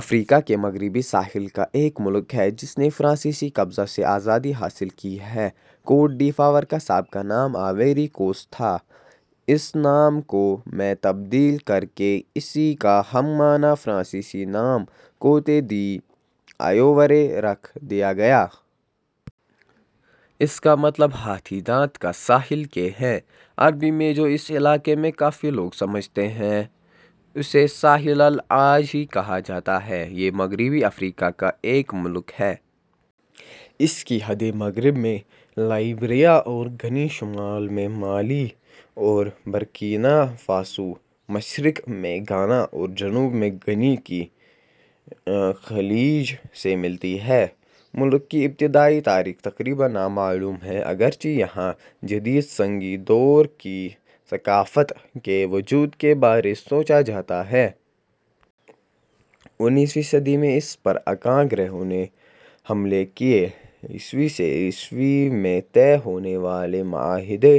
افریقہ کے مغربی ساحل کا ایک ملک ہے جس نے فرانسیسی قبضہ سے آزادی حاصل کی ہے۔ کوٹ ڈیفوار کا سابقہ نام آئیوری کوسٹ تھا۔ اس نام کو ء میں تبدیل کر کے اسی کا ہم معنیٰ فرانسیسی نام کوتے دی آئیوورے رکھ دیا گیا۔ اس کا مطلب ہاتھی دانت کا ساحل کے ہیں۔ عربی میں جو اس علاقے میں کافی لوگ سمجھتے ہیں، اسے ساحل العاج ہی کہا جاتا ہے۔ یہ مغربی افریقہ کا ایک ملک ہے۔ اس کی حدیں مغرب میں لائیبریا اور گنی ، شمال میں مالی اور برکینا فاسو ، مشرق میں گھانا اور جنوب میں گنی کی خلیج سے ملتی ہیں۔ ملک کی ابتدائی تاریخ تقریباً نامعلوم ہے اگرچہ یہاں جدید سنگی دور کی ثقافت کے وجود کے بارے سوچا جاتا ہے۔ انیسویں صدی میں اس پر اکان گروہوں نے حملے کیے۔ ء سے ء میں طے ہونے والے معاہدے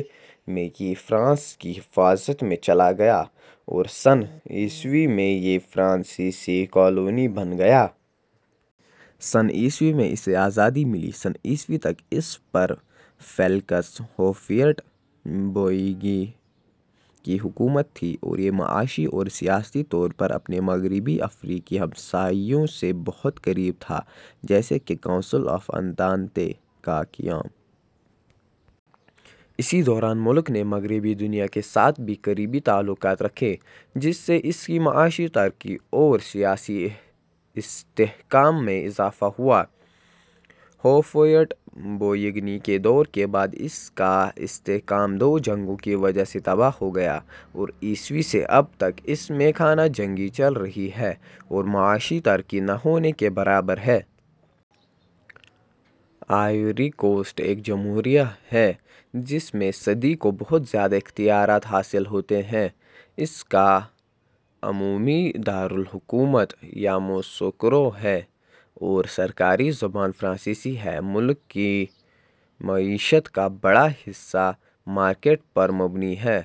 میں یہ فرانس کی حفاظت میں چلا گیا اور سن ء میں یہ فرانسیسی کالونی بن گیا۔ سن ء میں اسے آزادی ملی۔ سن ء تک اس پر فیلکس ہوفویٹ-بوئیگنی کی حکومت تھی اور یہ معاشی اور سیاسی طور پر اپنے مغربی افریقی ہمسایوں سے بہت قریب تھا جیساکہ کونسل آف انتانتے کا قیام ۔ اسی دوران ملک نے مغربی دنیا کے ساتھ بھی قریبی تعلقات رکھے جس سے اس کی معاشی ترقی اور سیاسی استحکام میں اضافہ ہوا۔ ہوفویٹ- بوئیگنی کے دور کے بعد اس کا استحکام دو جنگوں کی وجہ سے تباہ ہو گیا اور ء سے اب تک اس میں خانہ جنگی چل رہی ہے اور معاشی ترقی نہ ہونے کے برابر ہے۔ آئیووری کوسٹ ایک جمہوریہ ہے جس میں صدر کو بہت زیادہ اختیارات حاصل ہوتے ہیں۔ اس کا عمومی دار الحکومت یاموسوکرو ہے اور سرکاری زبان فرانسیسی ہے۔ ملک کی معیشت کا بڑا حصہ مارکیٹ پر مبنی ہے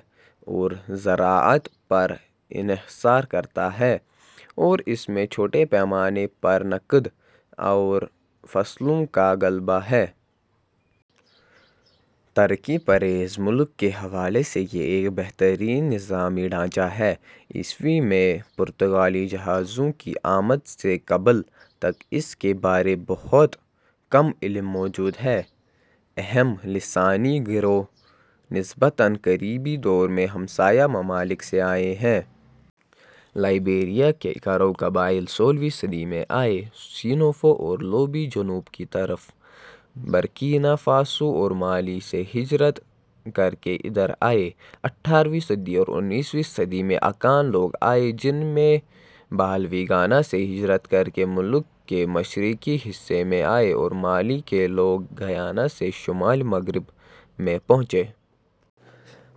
اور زراعت پر انحصار کرتا ہے اور اس میں چھوٹے پیمانے پر نقد آور فصلوں کا غلبہ ہے۔ ترقی پزیر ملک کے حوالے سے یہ ایک بہترین نظامی ڈھانچہ ہے۔ ء میں پرتگالی جہازوں کی آمد سے قبل تک اس کے بارے بہت کم علم موجود ہے۔ اہم لسانی گروہ نسبتاً قریبی دور میں ہمسایہ ممالک سے آئے ہیں۔ لائیبیریا کے کرو قبائل سولہویں صدی میں آئے، سینوفو اور لوبی جنوب کی طرف برکینا فاسو اور مالی سے ہجرت کرکے ادھر آئے ہیں۔ اٹھارویں صدی اور انیسویں صدی میں اکان لوگ آئے جن میں باولی گھاناسے ہجرت کرکے ملک کے مشرقی حصے میں آئے اور مالی کے لوگ گیانا سے شمال مغرب میں پہنچے۔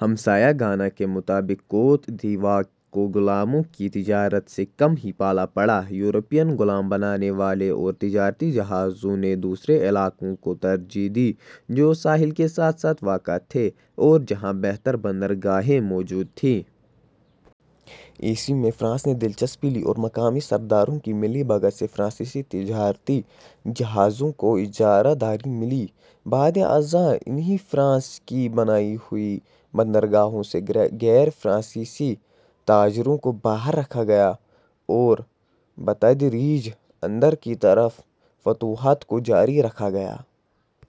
ہمسایہ گھانا کے مقابلے کوت دیواغ کو غلاموں کی تجارت سے کم ہی پالا پڑا۔ یورپین غلام بنانے والے اور تجارتی جہازوں نے دوسرے علاقوں کو ترجیح دی جو ساحل کے ساتھ ساتھ واقع تھے اور جہاں بہتر بندرگاہیں موجود تھیں۔ ء میں فرانس نے دلچسپی لی اور مقامی سرداروں کی ملی بھگت سے فرانسیسی تجارتی جہازوں کو اجارہ داری ملی۔ بعد ازاں انہی فرانس کی بنائی ہوئی بندرگاہوں سے غیر فرانسیسی تاجروں کو باہر رکھا گیا اور بتدریج اندر کی طرف فتوحات کو جاری رکھا گیا۔